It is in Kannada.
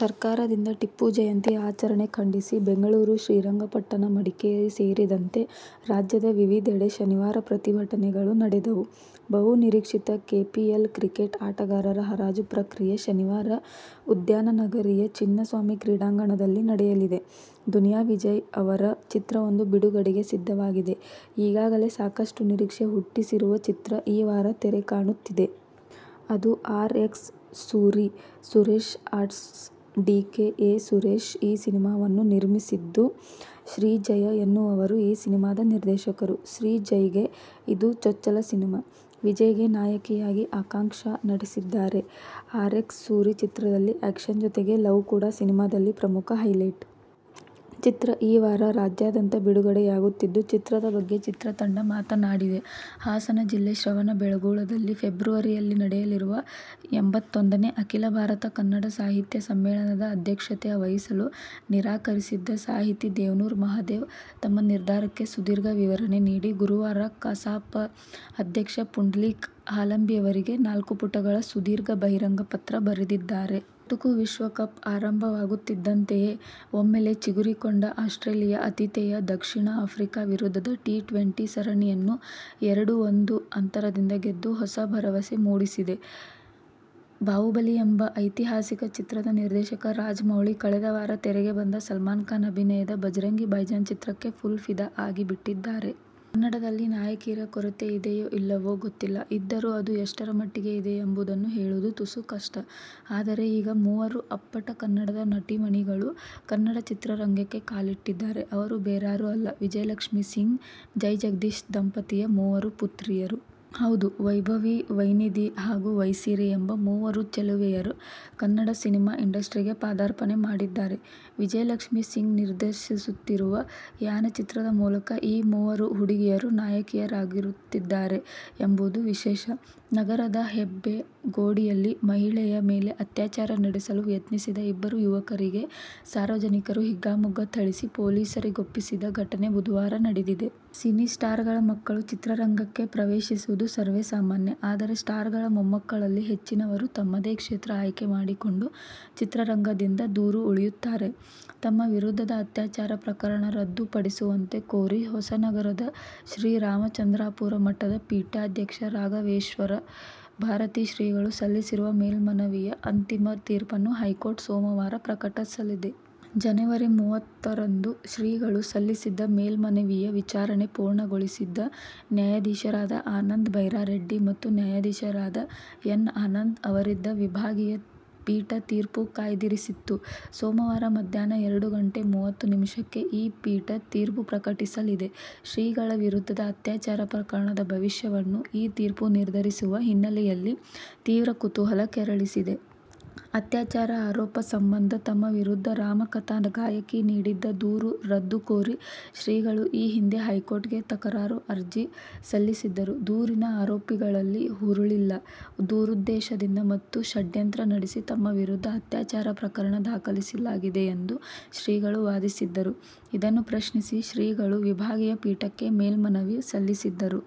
ಸರ್ಕಾರದಿಂದ ಟಿಪ್ಪು ಜಯಂತಿ ಆಚರಣೆ ಖಂಡಿಸಿ ಬೆಂಗಳೂರು, ಶ್ರೀರಂಗಪಟ್ಟಣ, ಮಡಿಕೇರಿ ಸೇರಿದಂತೆ ರಾಜ್ಯದ ವಿವಿಧೆಡೆ ಶನಿವಾರ ಪ್ರತಿಭಟನೆಗಳು ನಡೆದವು. ಬಹು ನಿರೀಕ್ಷಿತ ಕೆಪಿಎಲ್ ಕ್ರಿಕೆಟ್ ಆಟಗಾರರ ಹರಾಜು ಪ್ರಕ್ರಿಯೆ ಶನಿವಾರ ಉದ್ಯಾನನಗರಿಯ ಚಿನ್ನಸ್ವಾಮಿ ಕ್ರೀಡಾಂಗಣದಲ್ಲಿ ನಡೆಯಲಿದೆ. ದುನಿಯಾ ವಿಜಯ್ ಅವರ ಚಿತ್ರವೊಂದು ಬಿಡುಗಡೆಗೆ ಸಿದ್ಧವಾಗಿದೆ. ಈಗಾಗಲೇ ಸಾಕಷ್ಟು ನಿರೀಕ್ಷೆ ಹುಟ್ಟಿಸಿರುವ ಚಿತ್ರ ಈ ವಾರ ತೆರೆಕಾಣುತ್ತಿದೆ. ಅದು "ಆರ್. ಎಕ್ಸ್. ಸೂರಿ'. ಸುರೇಶ್ ಆರ್ಟ್ಸ್ನಡಿ ಕೆ. ಎ. ಸುರೇಶ್ ಈ ಸಿನಿಮಾವನ್ನು ನಿರ್ಮಿಸಿದ್ದು, ಶ್ರೀಜಯ್ ಎನ್ನುವವರು ಈ ಸಿನಿಮಾದ ನಿರ್ದೇಶಕರು. ಶ್ರೀಜಯ್ಗೆ ಇದು ಚೊಚ್ಚಲ ಸಿನಿಮಾ. ವಿಜಯ್ಗೆ ನಾಯಕಿಯಾಗಿ ಆಕಾಂಕ್ಷಾ ನಟಿಸಿದ್ದಾರೆ. "ಆರ್ಎಕ್ಸ್ ಸೂರಿ' ಚಿತ್ರದಲ್ಲಿ ಆ್ಯಕ್ಷನ್ ಜೊತೆಗೆ ಲವ್ ಕೂಡಾ ಸಿನಿಮಾದಲ್ಲಿ ಪ್ರಮುಖ ಹೈಲೈಟ್. ಚಿತ್ರ ಈ ವಾರ ರಾಜ್ಯಾದ್ಯಂತ ಬಿಡುಗಡೆಯಾಗುತ್ತಿದ್ದು, ಚಿತ್ರದ ಬಗ್ಗೆ ಚಿತ್ರತಂಡ ಮಾತನಾಡಿದೆ. ಹಾಸನ ಜಿಲ್ಲೆ ಶ್ರವಣಬೆಳಗೊಳದಲ್ಲಿ ಫೆಬ್ರವರಿಯಲ್ಲಿ ನಡೆಯಲಿರುವ ಎಂಬತ್ತೊಂದನೇ ಅಖೀಲ ಭಾರತ ಕನ್ನಡ ಸಾಹಿತ್ಯ ಸಮ್ಮೇಳನದ ಅಧ್ಯಕ್ಷತೆ ವಹಿಸಲು ನಿರಾಕರಿಸಿದ್ದ ಸಾಹಿತಿ ದೇವನೂರ ಮಹಾದೇವ, ತಮ್ಮ ನಿರ್ಧಾರಕ್ಕೆ ಸುದೀರ್ಘ ವಿವರಣೆ ನೀಡಿ ಗುರುವಾರ ಕಸಾಪ ಅಧ್ಯಕ್ಷ ಪುಂಡಲೀಕ ಹಾಲಂಬಿಯವರಿಗೆ ನಾಲ್ಕುಪುಟಗಳ ಸುದೀರ್ಘ ಬಹಿರಂಗ ಪತ್ರ ಬರೆದಿದ್ದಾರೆ. "ಚುಟುಕು ವಿಶ್ವಕಪ್' ಆರಂಭವಾಗುತ್ತಿದ್ದಂತೆಯೇ ಒಮ್ಮೆಲೆ ಚಿಗುರಿಕೊಂಡ ಆಸ್ಟ್ರೇಲಿಯ ಆತಿಥೇಯ ದಕ್ಷಿಣ ಆಫ್ರಿಕಾ ವಿರುದ್ಧದ ಟಿ-ಟ್ವೆಂಟಿ ಸರಣಿಯನ್ನು ಎರಡು-ಒಂದು ಅಂತರದಿಂದ ಗೆದ್ದು ಹೊಸ ಭರವಸೆ ಮೂಡಿಸಿದೆ. ಬಾಹುಬಲಿ ಎಂಬ ಐತಿಹಾಸಿಕ ಚಿತ್ರದ ನಿರ್ದೇಶಕ ರಾಜಮೌಳಿ ಕಳೆದ ವಾರ ತೆರೆಗೆ ಬಂದ ಸಲ್ಮಾನ್ ಖಾನ್ ಅಭಿನಯದ ಭಜರಂಗಿ ಭಾಯಿಜಾನ್ ಚಿತ್ರಕ್ಕೆ ಫುಲ್ ಫಿದಾ ಆಗಿ ಬಿಟ್ಟಿದ್ದಾರೆ. ಕನ್ನಡದಲ್ಲಿ ನಾಯಕಿಯರ ಕೊರತೆ ಇದೆಯೋ ಇಲ್ಲವೋ ಗೊತ್ತಿಲ್ಲ. ಇದ್ದರೂ ಅದು ಎಷ್ಟರ ಮಟ್ಟಿಗೆ ಇದೆ ಎಂಬುದನ್ನೂ ಹೇಳುವುದು ತುಸು ಕಷ್ಟ. ಆದರೆ, ಈಗ ಮೂವರು ಅಪ್ಪಟ ಕನ್ನಡದ ನವನಟಿಮಣಿಗಳು ಕನ್ನಡ ಚಿತ್ರರಂಗಕ್ಕೆ ಕಾಲಿಟ್ಟಿದ್ದಾರೆ. ಅವರು ಬೇರಾರೂ ಅಲ್ಲ, ವಿಜಯಲಕ್ಷ್ಮೀಸಿಂಗ್, ಜೈ ಜಗದೀಶ್ ದಂಪತಿಯ ಮೂವರು ಪುತ್ರಿಯರು. ಹೌದು, "ವೈಭವಿ, ವೈನಿಧಿ ಹಾಗು ವೈಸಿರಿ' ಎಂಬ ಮೂವರು ಚೆಲುವೆಯರು ಕನ್ನಡ ಸಿನಿಮಾ ಇಂಡಸ್ಟ್ರಿಗೆ ಪಾದಾರ್ಪಣೆ ಮಾಡಿದ್ದಾರೆ. ವಿಜಯಲಕ್ಷ್ಮೀ ಸಿಂಗ್ ನಿರ್ದೇಶಿಸುತ್ತಿರುವ "ಯಾನ' ಚಿತ್ರದ ಮೂಲಕ ಈ ಮೂವರು ಹುಡುಗಿಯರು ನಾಯಕಿಯರಾಗುತ್ತಿದ್ದಾರೆ ಎಂಬುದು ವಿಶೇಷ. ನಗರದ ಹೆಬ್ಬಗೋಡಿಯಲ್ಲಿ ಮಹಿಳೆಯ ಮೇಲೆ ಅತ್ಯಾಚಾರ ನಡೆಸಲು ಯತ್ನಿಸಿದ ಇಬ್ಬರು ಯುವಕರಿಗೆ ಸಾರ್ವಜನಿಕರು ಹಿಗ್ಗಾಮುಗ್ಗಾ ಥಳಿಸಿ ಪೊಲೀಸರಿಗೊಪ್ಪಿಸಿದ ಘಟನೆ ಬುಧವಾರ ನಡೆದಿದೆ. ಸಿನಿ ಸ್ಟಾರ್ ಗಳ ಮಕ್ಕಳು ಚಿತ್ರರಂಗ ಪ್ರವೇಶಿಸುವುದು ಸರ್ವೇ ಸಾಮಾನ್ಯ. ಆದರೆ ಸ್ಟಾರ್ ಗಳ ಮೊಮ್ಮಕ್ಕಳಲ್ಲಿ ಹೆಚ್ಚಿನವರೂ ತಮ್ಮದೇ ಕ್ಷೇತ್ರ ಆಯ್ಕೆ ಮಾಡಿಕೊಂಡು ಚಿತ್ರರಂಗದಿಂದ ದೂರ ಉಳಿಯುತ್ತಾರೆ. ತಮ್ಮ ವಿರುದ್ಧದ ಅತ್ಯಾಚಾರ ಪ್ರಕರಣ ರದ್ದು ಪಡಿಸುವಂತೆ ಕೋರಿ ಹೊಸನಗರದ ಶ್ರೀ ರಾಮಚಂದ್ರಾಪುರ ಮಠದ ಪೀಠಾಧ್ಯಕ್ಷ ರಾಘವೇಶ್ವರ ಭಾರತಿ ಶ್ರೀಗಳು ಸಲ್ಲಿಸಿರುವ ಮೇಲ್ಮನವಿಯ ಅಂತಿಮ ತೀರ್ಪನ್ನು ಹೈಕೋರ್ಟ್ ಸೋಮವಾರ ಪ್ರಕಟಿಸಲಿದೆ. ಜನವರಿ ಮೂವತ್ತರಂದು ಶ್ರೀಗಳು ಸಲ್ಲಿಸಿದ್ದ ಮೇಲ್ಮನವಿಯ ವಿಚಾರಣೆ ಪೂರ್ಣಗೊಳಿಸಿದ್ದ ನ್ಯಾಯಾಧೀಶರಾದ ಆನಂದ ಬೈರಾರೆಡ್ಡಿ ಮತ್ತು ನ್ಯಾಯಾಧೀಶರಾದ ಎನ್. ಆನಂದ ಅವರಿದ್ದ ವಿಭಾಗೀಯ ಪೀಠ ತೀರ್ಪು ಕಾಯ್ದಿರಿಸಿತ್ತು. ಸೋಮವಾರ ಮಧ್ಯಾಹ್ನ ಎರಡು ಗಂಟೆ ಮೂವತ್ತು ನಿಮಿಷಕ್ಕೆ ಈ ಪೀಠ ತೀರ್ಪು ಪ್ರಕಟಿಸಲಿದೆ. ಶ್ರೀಗಳ ವಿರುದ್ಧದ ಅತ್ಯಾಚಾರ ಪ್ರಕರಣದ ಭವಿಷ್ಯವನ್ನು ಈ ತೀರ್ಪು ನಿರ್ಧರಿಸುವ ಹಿನ್ನೆಲೆಯಲ್ಲಿ ತೀವ್ರ ಕುತೂಹಲ ಕೆರಳಿಸಿದೆ. ಅತ್ಯಾಚಾರ ಆರೋಪ ಸಂಬಂಧ ತಮ್ಮ ವಿರುದ್ಧ ರಾಮಕಥಾ ಗಾಯಕಿ ನೀಡಿದ್ದ ದೂರು ರದ್ದು ಕೋರಿ ಶ್ರೀಗಳು ಈ ಹಿಂದೆ ಹೈಕೋರ್ಟ್ಗೆ ತಕರಾರು ಅರ್ಜಿ ಸಲ್ಲಿಸಿದ್ದರು. ದೂರಿನ ಆರೋಪಗಳಲ್ಲಿ ಹುರುಳಿಲ್ಲ. ದುರುದ್ದೇಶದಿಂದ ಮತ್ತು ಷಡ್ಯಂತ್ರ ನಡೆಸಿ ತಮ್ಮ ವಿರುದ್ಧ ಅತ್ಯಾಚಾರ ಪ್ರಕರಣ ದಾಖಲಿಸಲಾಗಿದೆ ಎಂದು ಶ್ರೀಗಳು ವಾದಿಸಿದ್ದರು. ಇದನ್ನು ಪ್ರಶ್ನಿಸಿ ಶ್ರೀಗಳು ವಿಭಾಗೀಯ ಪೀಠಕ್ಕೆ ಮೇಲ್ಮನವಿ ಸಲ್ಲಿಸಿದ್ದರು.